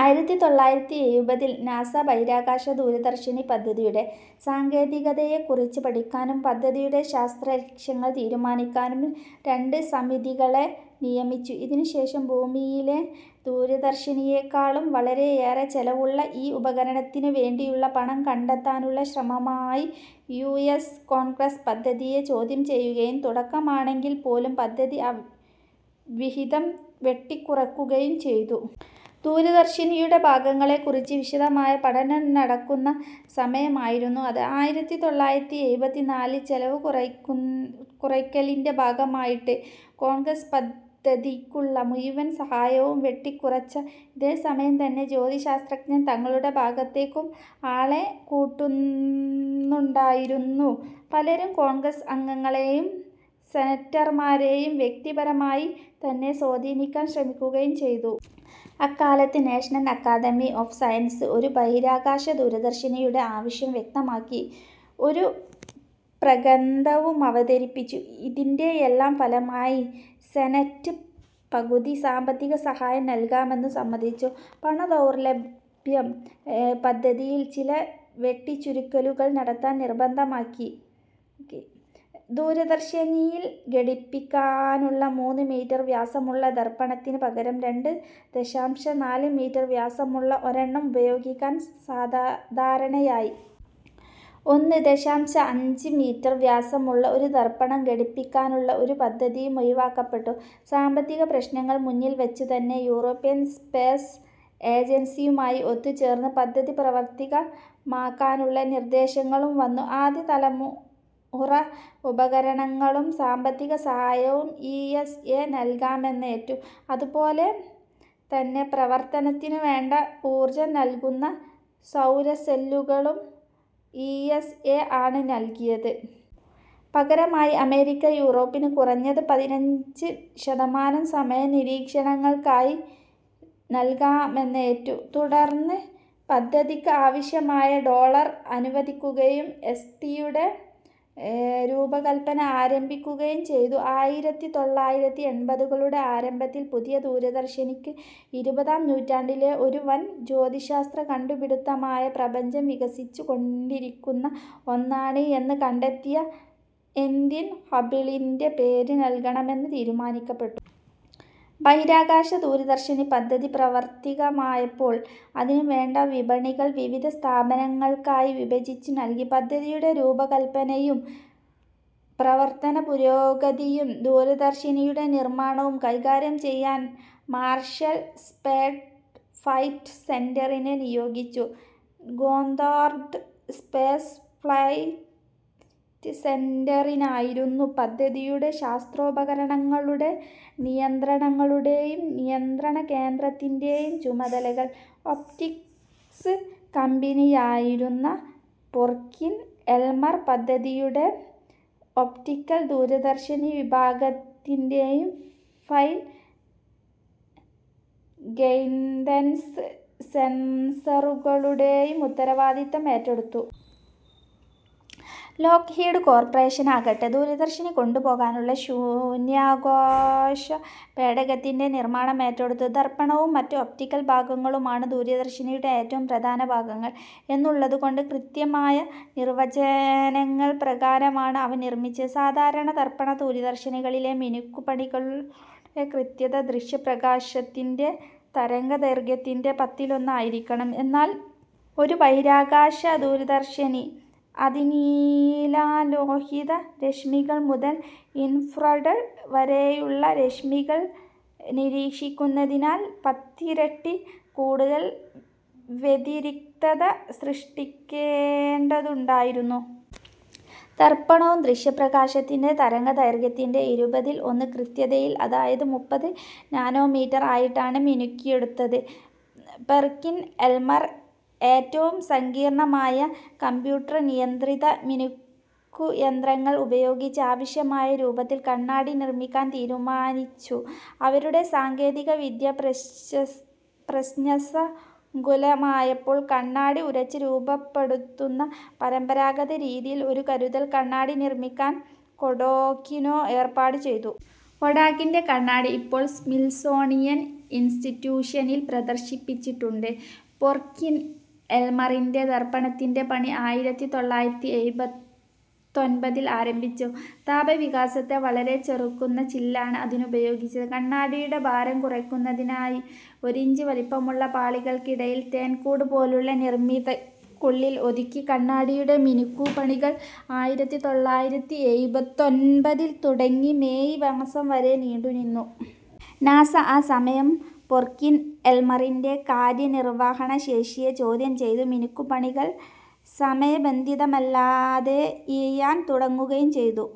ആയിരത്തി തൊള്ളായിരത്തി എഴുപതിൽ നാസ ബഹിരാകാശ ദൂരദർശിനി പദ്ധതിയുടെ സാങ്കേതികതയെക്കുറിച്ച് പഠിക്കാനും, പദ്ധതിയുടെ ശാസ്ത്രലക്ഷ്യങ്ങൾ തീരുമാനിക്കാനും രണ്ട് സമിതികളെ നിയമിച്ചു. ഇതിനുശേഷം ഭൂമിയിലെ ദൂരദർശിനിയെക്കാളും വളരെയേറെ ചെലവുള്ള ഈ ഉപകരണത്തിനുവേണ്ടിയുള്ള പണം കണ്ടെത്താനുള്ള ശ്രമമായി. യു എസ് കോൺഗ്രസ് പദ്ധതിയെ ചോദ്യം ചെയ്യുകയും, തുടക്കമാണെങ്കിൽപോലും പദ്ധതി വിഹിതം വെട്ടിക്കുറയ്ക്കുകയും ചെയ്തു. ദൂരദർശിനിയുടെ ഭാഗങ്ങളെക്കുറിച്ച് വിശദമായ പഠനം നടക്കുന്ന സമയമായിരുന്നു അത്. ആയിരത്തി തൊള്ളായിരത്തി എഴുപത്തിനാലിൽ ചെലവുകുറയ്ക്കലിൻ്റെ ഭാഗമായിട്ട് കോൺഗ്രസ് പദ്ധതിക്കുള്ള മുഴുവൻ സഹായവും വെട്ടിക്കുറച്ചു. ഇതേസമയം തന്നെ ജ്യോതിശാസ്ത്രജ്ഞർ തങ്ങളുടെ ഭാഗത്തേക്കും ആളെ കൂട്ടുന്നുണ്ടായിരുന്നു. പലരും കോൺഗ്രസ് അംഗങ്ങളെയും സെനറ്റർമാരെയും വ്യക്തിപരമായി തന്നെ സ്വാധീനിക്കാൻ ശ്രമിക്കുകയും ചെയ്തു. അക്കാലത്ത് നാഷണൽ അക്കാഡമി ഓഫ് സയൻസ് ഒരു ബഹിരാകാശ ദൂരദർശിനിയുടെ ആവശ്യം വ്യക്തമാക്കി ഒരു പ്രബന്ധവും അവതരിപ്പിച്ചു. ഇതിൻ്റെയെല്ലാം ഫലമായി സെനറ്റ് പകുതി സാമ്പത്തികസഹായം നൽകാമെന്ന് സമ്മതിച്ചു. പണദൗർലഭ്യം പദ്ധതിയിൽ ചില വെട്ടിച്ചുരുക്കലുകൾ നടത്താൻ നിർബന്ധിതമാക്കി. ദൂരദർശിനിയിൽ ഘടിപ്പിക്കാനുള്ള മൂന്ന് മീറ്റർ വ്യാസമുള്ള ദർപ്പണത്തിന് പകരം രണ്ട് ദശാംശം നാല് മീറ്റർ വ്യാസമുള്ള ഒരെണ്ണം ഉപയോഗിക്കാൻ ധാരണയായി. ഒന്ന് ദശാംശം അഞ്ച് മീറ്റർ വ്യാസമുള്ള ഒരു ദർപ്പണം ഘടിപ്പിക്കാനുള്ള ഒരു പദ്ധതിയും ഒഴിവാക്കപ്പെട്ടു. സാമ്പത്തിക പ്രശ്നങ്ങൾ മുന്നിൽ വച്ചുതന്നെ യൂറോപ്യൻ സ്പേസ് ഏജൻസിയുമായി ഒത്തുചേർന്ന് പദ്ധതി പ്രാവർത്തികമാക്കാനുള്ള നിർദ്ദേശങ്ങളും വന്നു. ആദ്യതലമുറ ഉപകരണങ്ങളും സാമ്പത്തികസഹായവും ഇ എസ് എ നൽകാമെന്നേറ്റു. അതുപോലെ തന്നെ, പ്രവർത്തനത്തിനുവേണ്ട ഊർജ്ജം നൽകുന്ന സൗരസെല്ലുകളും ഇ എസ് എ ആണ് നൽകിയത്. പകരമായി അമേരിക്ക യൂറോപ്പിന് കുറഞ്ഞത് പതിനഞ്ച് ശതമാനം സമയം നിരീക്ഷണങ്ങൾക്കായി നൽകാമെന്നേറ്റു. തുടർന്ന് പദ്ധതിക്ക് ആവശ്യമായ ഡോളർ അനുവദിക്കുകയും എസ് ടിയുടെ രൂപകല്പന ആരംഭിക്കുകയും ചെയ്തു. ആയിരത്തി തൊള്ളായിരത്തി എൺപതുകളുടെ ആരംഭത്തിൽ പുതിയ ദൂരദർശിനിക്ക്, ഇരുപതാം നൂറ്റാണ്ടിലെ ഒരു വൻ ജ്യോതിശാസ്ത്ര കണ്ടുപിടിത്തമായ "പ്രപഞ്ചം വികസിച്ചുകൊണ്ടിരിക്കുന്ന ഒന്നാണ്" എന്ന് കണ്ടെത്തിയ എഡ്വിൻ ഹബിളിൻ്റെ പേര് നൽകണമെന്ന് തീരുമാനിക്കപ്പെട്ടു. ബഹിരാകാശ ദൂരദർശിനി പദ്ധതി പ്രാവർത്തികമായപ്പോൾ, അതിനുവേണ്ട പണികൾ വിവിധ സ്ഥാപനങ്ങൾക്കായി വിഭജിച്ചു നൽകി. പദ്ധതിയുടെ രൂപകല്പനയും പ്രവർത്തനപുരോഗതിയും ദൂരദർശിനിയുടെ നിർമ്മാണവും കൈകാര്യം ചെയ്യാൻ മാർഷൽ സ്പേസ് ഫ്ലൈറ്റ് സെന്ററിനെ നിയോഗിച്ചു. ഗോദ്ദാർഡ് സ്പേസ് ഫ്ലൈറ്റ് സെന്ററിനായിരുന്നു പദ്ധതിയുടെ ശാസ്ത്രോപകരണങ്ങളുടെ നിയന്ത്രണങ്ങളുടെയും നിയന്ത്രണകേന്ദ്രത്തിൻ്റെയും ചുമതലകൾ. ഒപ്റ്റിക്സ് കമ്പനിയായിരുന്ന പെർക്കിൻ-എൽമർ പദ്ധതിയുടെ ഒപ്റ്റിക്കൽ ദൂരദർശിനി വിഭാഗത്തിൻ്റെയും ഫൈൻ ഗൈഡൻസ് സെൻസറുകളുടെയും ഉത്തരവാദിത്തം ഏറ്റെടുത്തു. ലോക്ഹീഡ് കോർപ്പറേഷനാകട്ടെ ദൂരദർശിനി കൊണ്ടുപോകാനുള്ള ശൂന്യാകാശ പേടകത്തിൻ്റെ നിർമ്മാണം ഏറ്റെടുത്തു. ദർപ്പണവും മറ്റ് ഒപ്റ്റിക്കൽ ഭാഗങ്ങളുമാണ് ദൂരദർശിനിയുടെ ഏറ്റവും പ്രധാന ഭാഗങ്ങൾ എന്നുള്ളതുകൊണ്ട്, കൃത്യമായ നിർവ്വചനങ്ങൾ പ്രകാരമാണ് അവ നിർമ്മിച്ചത്. സാധാരണ ദർപ്പണ ദൂരദർശിനികളിലെ മിനുക്കുപണികളുടെ കൃത്യത ദൃശ്യപ്രകാശത്തിൻ്റെ തരംഗദൈർഘ്യത്തിൻ്റെ പത്തിലൊന്ന് ആയിരിക്കണം. എന്നാൽ ഒരു ബഹിരാകാശ ദൂരദർശിനി, അതിനീലലോഹിത രശ്മികൾ മുതൽ ഇൻഫ്രാറെഡ് വരെയുള്ള രശ്മികൾ നിരീക്ഷിക്കുന്നതിനാൽ പത്തിരട്ടി കൂടുതൽ വ്യതിരിക്തത സൃഷ്ടിക്കേണ്ടതുണ്ടായിരുന്നു. ദർപ്പണം ദൃശ്യപ്രകാശത്തിൻ്റെ തരംഗദൈർഘ്യത്തിൻ്റെ ഇരുപതിൽ ഒന്ന് കൃത്യതയിൽ, അതായത് മുപ്പത് നാനോമീറ്റർ ആയിട്ടാണ് മിനുക്കിയെടുത്തത്. പെർക്കിൻ-എൽമർ ഏറ്റവും സങ്കീർണ്ണമായ കമ്പ്യൂട്ടർ നിയന്ത്രിത മിനുക്കു യന്ത്രങ്ങൾ ഉപയോഗിച്ച് ആവശ്യമായ രൂപത്തിൽ കണ്ണാടി നിർമ്മിക്കാൻ തീരുമാനിച്ചു. അവരുടെ സാങ്കേതികവിദ്യ പ്രശ്നസങ്കുലമായപ്പോൾ, കണ്ണാടി ഉരച്ച് രൂപപ്പെടുത്തുന്ന പരമ്പരാഗത രീതിയിൽ ഒരു കരുതൽ കണ്ണാടി നിർമ്മിക്കാൻ കൊഡാക്കിനെ ഏർപ്പാട് ചെയ്തു. കൊഡാക്കിൻ്റെ കണ്ണാടി ഇപ്പോൾ സ്മിത്സോണിയൻ ഇൻസ്റ്റിറ്റ്യൂഷനിൽ പ്രദർശിപ്പിച്ചിട്ടുണ്ട്. പെർക്കിൻ-എൽമറിൻ്റെ ദർപ്പണത്തിൻ്റെ പണി ആയിരത്തി തൊള്ളായിരത്തി എഴുപത്തൊൻപതിൽ ആരംഭിച്ചു. താപവികാസത്തെ വളരെ ചെറുക്കുന്ന ചില്ലാണ് അതിനുപയോഗിച്ചത്. കണ്ണാടിയുടെ ഭാരം കുറയ്ക്കുന്നതിനായി ഒരിഞ്ച് വലിപ്പമുള്ള പാളികൾക്കിടയിൽ തേൻകൂട് പോലുള്ള നിർമ്മിതിക്കുള്ളിൽ ഒതുക്കി. കണ്ണാടിയുടെ മിനുക്കുപണികൾ ആയിരത്തി തൊള്ളായിരത്തി എഴുപത്തൊൻപതിൽ തുടങ്ങി മേയ് മാസം വരെ നീണ്ടുനിന്നു. നാസ ആ സമയം പെർക്കിൻ എൽമറിൻ്റെ കാര്യനിർവ്വഹണ ശേഷിയെ ചോദ്യം ചെയ്തു. മിനുക്കുപണികൾ സമയബന്ധിതമല്ലാതെ ഇഴയാൻ തുടങ്ങുകയും ചെയ്തു.